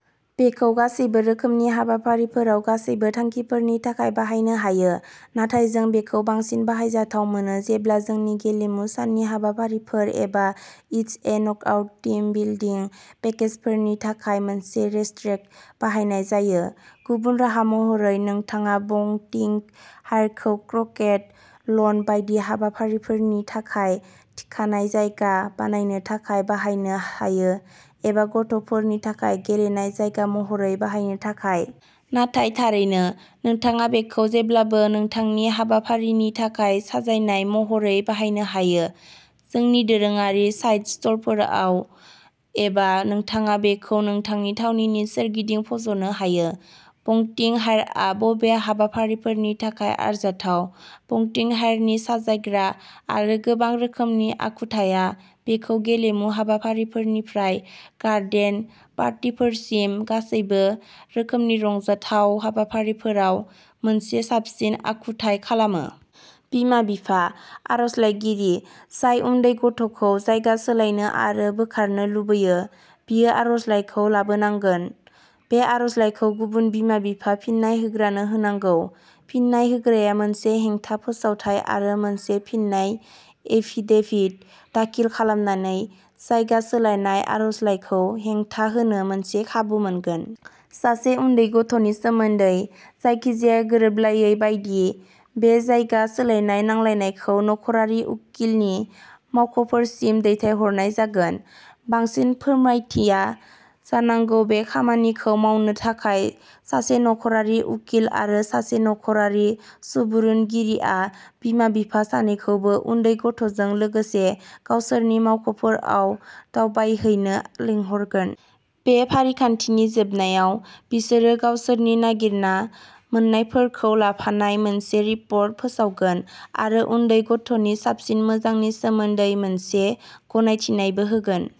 बेखौ गासैबो रोखोमनि हाबाफारिफोराव, गासैबो थांखिफोरनि थाखाय बाहायनो हायो, नाथाय जों बेखौ बांसिन बाहायजाथाव मोनो जेब्ला जोंनि गेलेमु साननि हाबाफारिफोर एबा it's a knockout team building पेकेजफोरनि थाखाय मोनसे रेसट्रेक बाहायनाय जायो। गुबुन राहा महरै नोंथाङा बंटिंग हायरखौ क्रकेट लन बायदि हाबाफारिफोरनि थाखाय थिखानाय जायगा बानायनो थाखाय बाहायनो हायो एबा गथ'फोरनि थाखाय गेलेनाय जायगा महरै बाहायनो थाखाय। नाथाय थारैनो, नोंथाङा बेखौ जेब्लाबो नोंथांनि हाबाफारिनि थाखाय साजायनाय महरै बाहायनो हायो, जोंनि दोरोङारि साइड स्ट'लफोराव एबा नोंथाङा बेखौ नोंथांनि थावनिनि सोरगिदिं फज'नो हायो। बंटिंग हायरआ बबे हाबाफारिफोरनि थाखाय आरजाथाव? बंटिंग हायरनि साजायग्रा आरो गोबां रोखोमनि आखुथाया बेखौ गेलेमु हाबाफारिफोरनिफ्राय गार्डेन पार्टीफोरसिम गासैबो रोखोमनि रंजाथाव हाबाफारिफोराव मोनसे साबसिन आखुथाय खालामो! बिमा-बिफा, आर'जलाइगिरि, जाय उन्दै गथ'खौ जायगा सोलायनो आरो बोखारनो लुबैयो, बियो आर'जलाइखौ लाबोनांगोन। बे आर'जलाइखौ गुबुन बिमा-बिफा, फिन्नाय होग्रानो होनांगौ। फिन्नाय होग्राया मोनसे हेंथा फोसावथाइ आरो मोनसे फिननाय एफिडेभिट दाखिल खालामनानै जायगा सोलायनाय आर'जलाइखौ हेंथा होनो मोनसे खाबु मोनगोन। सासे उन्दै गथ'नि सोमोन्दै जायखिजाया गोरोबलायै बायदि, बे जायगा सोलायनाय नांलायनायखौ नख'रारि उकिलनि मावख'फोरसिम दैथायहरनाय जागोन। बांसिन फोरमायथिया जानांगौ बे खामानिखौ मावनो थाखाय सासे नख'रारि उकिल आरो सासे नख'रारि सुबुरुनगिरिआ बिमा-बिफा सानैखौबो, उन्दै गथ'जों लोगोसे, गावसोरनि मावख'फोराव दावबायहैनो लिंहरगोन। बे फारिखान्थिनि जोबनायाव, बिसोरो गावसोरनि नागिरना मोन्नायफोरखौ लाफानाय मोनसे रिपर्ट फोसावगोन आरो उन्दै गथ'नि साबसिन मोजांनि सोमोन्दै मोनसे गनायथिनायबो होगोन।